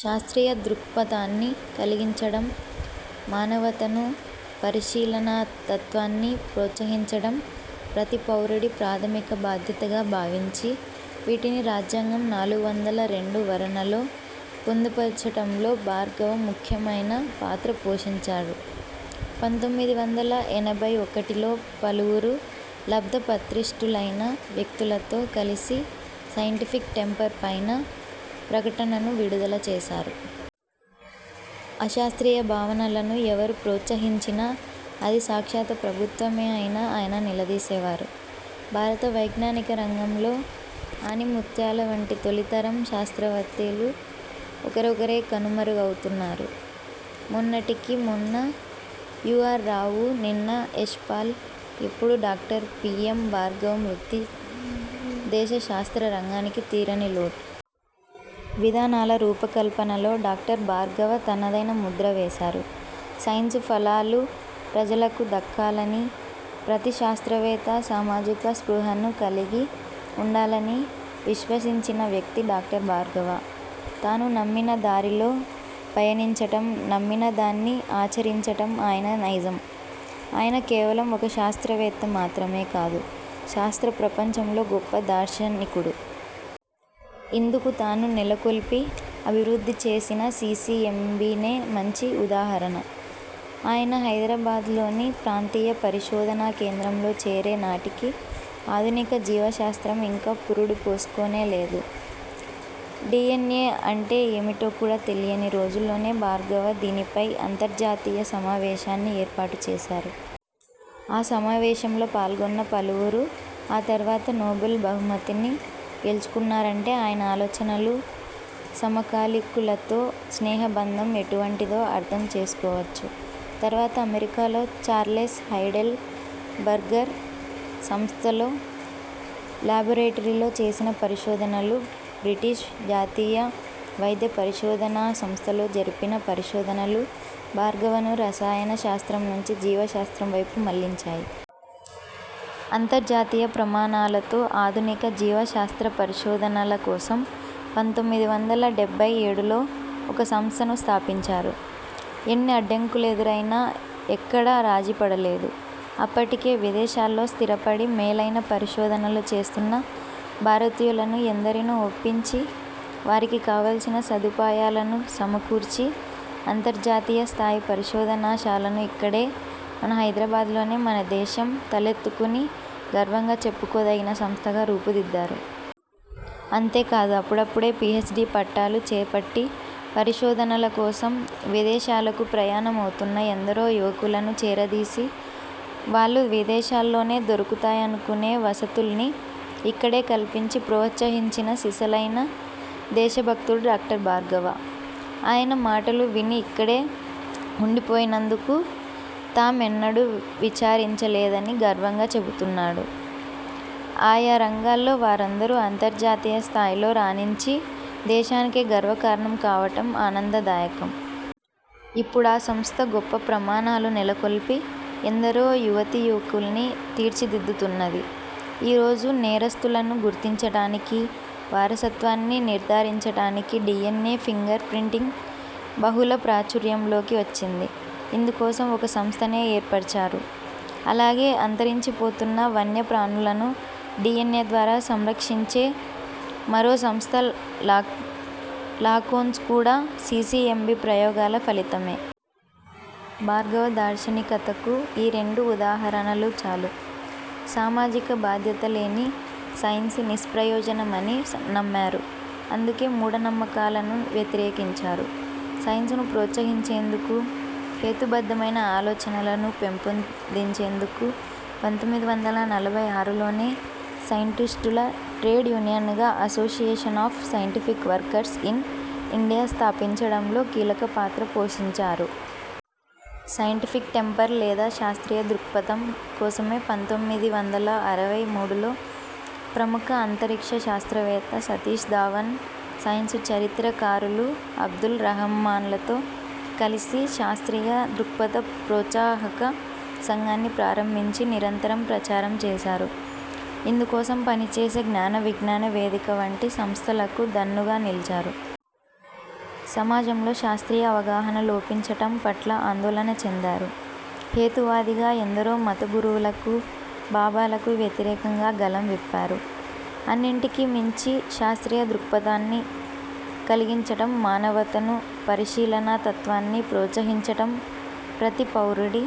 శాస్ర్తీయ దృక్పథాన్ని కలిగించటం, మానవతను, పరిశీలనాతత్వాన్ని ప్రోత్సహించటం ప్రతి పౌరుడి ప్రాథమిక బాధ్యతగా భావించి వీటిని రాజ్యాంగం నాలుగు వందల రెండు వరణలో పొందుపరచటంలో భార్గవ ముఖ్యమైన పాత్ర పోషించారు. పంతొమ్మిది వందల ఎనభై ఒకటిలో పలువురు లబ్దప్రతిష్టులైన వ్యక్తులతో కలిసి సైంటిఫిక్ టెంపర్ పైన ప్రకటనను విడుదల చేశారు. అశాస్ర్తీయ భావనలను ఎవరు ప్రోత్సహించినా, అది సాక్షాత ప్రభుత్వమే అయినా ఆయన నిలదీసేవారు. భారత వైజ్ఞానిక రంగంలో ఆణిముత్యాల వంటి తొలితరం శాస్త్రవత్తేలు ఒకరొకరే కనుమరుగవుతున్నారు. మొన్నటికి మొన్న యు. ఆర్. రావు, నిన్న యశ్పాల్, ఇప్పుడు డాక్టర్ పి. యం. భార్గవ మృతి దేశ శాస్త్ర రంగానికి తీరని లోటు. విధానాల రూపకల్పనలో డాక్టర్ భార్గవ తనదైన ముద్ర వేశారు. సైన్సు ఫలాలు ప్రజలకు దక్కాలనీ, ప్రతి శాస్త్రవేత్త సామాజిక స్పృహను కలిగి ఉండాలనీ విశ్వసించిన వ్యక్తి డాక్టర్ భార్గవ. తాను నమ్మిన దారిలో పయనించటం, నమ్మిన దాన్ని ఆచరించటం ఆయన నైజం. ఆయన కేవలం ఒక శాస్త్రవేత్త మాత్రమే కాదు శాస్త్ర ప్రపంచంలో గొప్ప దార్శనికుడు. ఇందుకు తాను నెలకొల్పి, అభివృద్ధి చేసిన సీసీఎంబీనే మంచి ఉదాహరణ. ఆయన హైదరాబాద్లోని ప్రాంతీయ పరిశోధనా కేంద్రం లో చేరే నాటికి ఆధునిక జీవ శాస్త్రం ఇంకా పురుడు పోసుకోనే లేదు. డీఎన్ఏ అంటే ఏమిటో కూడా తెలియని రోజుల్లోనే భార్గవ దీనిపై అంతర్జాతీయ సమావేశాన్ని ఏర్పాటుచేశారు. ఆ సమావేశంలో పాల్గొన్న పలువురు ఆ తర్వాత నోబెల్ బహుమతిని గెల్చుకున్నారంటే ఆయన ఆలోచనలు, సమకాలికులతో స్నేహ బంధం ఎటువంటిదో అర్థం చేసుకోవచ్చు. తర్వాత అమెరికాలో ఛార్లెస్ హైడెల్ బర్గర్ సంస్థలో లాబొరేటరీలో చేసిన పరిశోధనలు, బ్రిటిష్ జాతీయ వైద్య పరిశోధనా సంస్థలో జరిపిన పరిశోధనలు భార్గవను రసాయన శాస్త్రం నుంచి జీవశాస్త్రం వైపు మళ్లించాయి. అంతర్జాతీయ ప్రమాణాలతో ఆధునిక జీవశాస్త్ర పరిశోధనల కోసం పంతొమ్మిది వందల డెబ్బై ఏడులో ఒక సంస్థను స్థాపించారు. ఎన్ని అడ్డంకులెదురైనా ఎక్కడా రాజీపడలేదు. అప్పటికే విదేశాల్లో స్థిరపడి మేలైన పరిశోధనలు చేస్తున్న భారతీయులను ఎందరినో ఒప్పించి, వారికి కావలసిన సదుపాయాలను సమకూర్చి అంతర్జాతీయ స్థాయి పరిశోధనాశాలను ఇక్కడే, మన హైదరాబాద్లోనే మనదేశం తలెత్తుకుని గర్వంగా చెప్పుకోదగిన సంస్థగా రూపుదిద్దారు. అంతేకాదు, అప్పుడప్పుడే పీహెచ్డీ పట్టాలు చేపట్టి పరిశోధనల కోసం విదేశాలకు ప్రయాణమవుతున్న ఎందరో యువకులను చేరదీసి వాళ్లు విదేశాల్లోనే దొరుకుతాయనుకునే వసతుల్ని ఇక్కడే కల్పించి ప్రోత్సహించిన సిసలైన దేశభక్తుడు డాక్టర్ భార్గవ. ఆయన మాటలు విని ఇక్కడే ఉండిపోయినందుకు తామెన్నడూ విచారించలేదని గర్వంగా చెబుతున్నారు. ఆయా రంగాల్లో వారందరూ అంతర్జాతీయ స్థాయిలో రాణించి దేశానికే గర్వకారణం కావటం ఆనందదాయకం. ఇప్పుడా సంస్థ గొప్ప ప్రమాణాలు నెలకొల్పి ఎందరో యువతీయువకుల్ని తీర్చిదిద్దుతున్నది. ఈ రోజు నేరస్థులను గుర్తించటానికి, వారసత్వాన్ని నిర్ధారించటానికి డీఎన్ఏ ఫింగర్ ప్రింటింగ్ బహుళ ప్రాచుర్యంలోకి వచ్చింది. ఇందుకోసం ఒక సంస్థనే ఏర్పరిచారు. అలాగే అంతరించిపోతున్న వన్యప్రాణులను డీఎన్ఏ ద్వారా సంరక్షించే మరో సంస్థ లాకో లాకోన్స్ కూడా సీసీఎంబీ ప్రయోగాల ఫలితమే. భార్గవ దార్శనికతకు ఈ రెండు ఉదాహరణలు చాలు. సామాజిక బాధ్యత లేని సైన్సు నిష్ప్రయోజనమని నమ్మారు. అందుకే మూఢనమ్మకాలను వ్యతిరేకించారు. సైన్సును ప్రోత్సహించేందుకు, హేతుబద్దమైన ఆలోచనలను పెంపొందించేందుకు పంతొమ్మిది వందల నలభై ఆరులోనే సైంటిస్టుల ట్రేడ్ యూనియన్గా association of scientific workers in India స్థాపించడంలో కీలక పాత్ర పోషించారు. సైంటిఫిక్ టెంపర్ లేదా శాస్ర్తీయ దృక్పథం కోసమే పంతొమ్మిది వందల అరవై మూడులో ప్రముఖ అంతరిక్ష శాస్త్రవేత్త సతీష్ ధావన్, సైన్సు చరిత్రకారులు అబ్దుల్ రహమాన్లతో కలిసి శాస్ర్తీయ దృక్పథ ప్రోత్సాహక సంఘాన్ని ప్రారంభించి నిరంతరం ప్రచారం చేశారు. ఇందుకోసం పనిచేసే జనవిజ్ఞాన వేదిక వంటి సంస్థలకు దన్నుగా నిలిచారు. సమాజంలో శాస్ర్తీయ అవగాహన లోపించటం పట్ల ఆందోళన చెందారు. హేతువాదిగా ఎందరో మతగురువులకు, బాబాలకు వ్యతిరేకంగా గళం విప్పారు. అన్నింటికీ మించి శాస్ర్తీయ దృక్పథాన్ని కలిగించటం, మానవతను, పరిశీలనా తత్వాన్ని ప్రోత్సహించటం ప్రతి పౌరుడి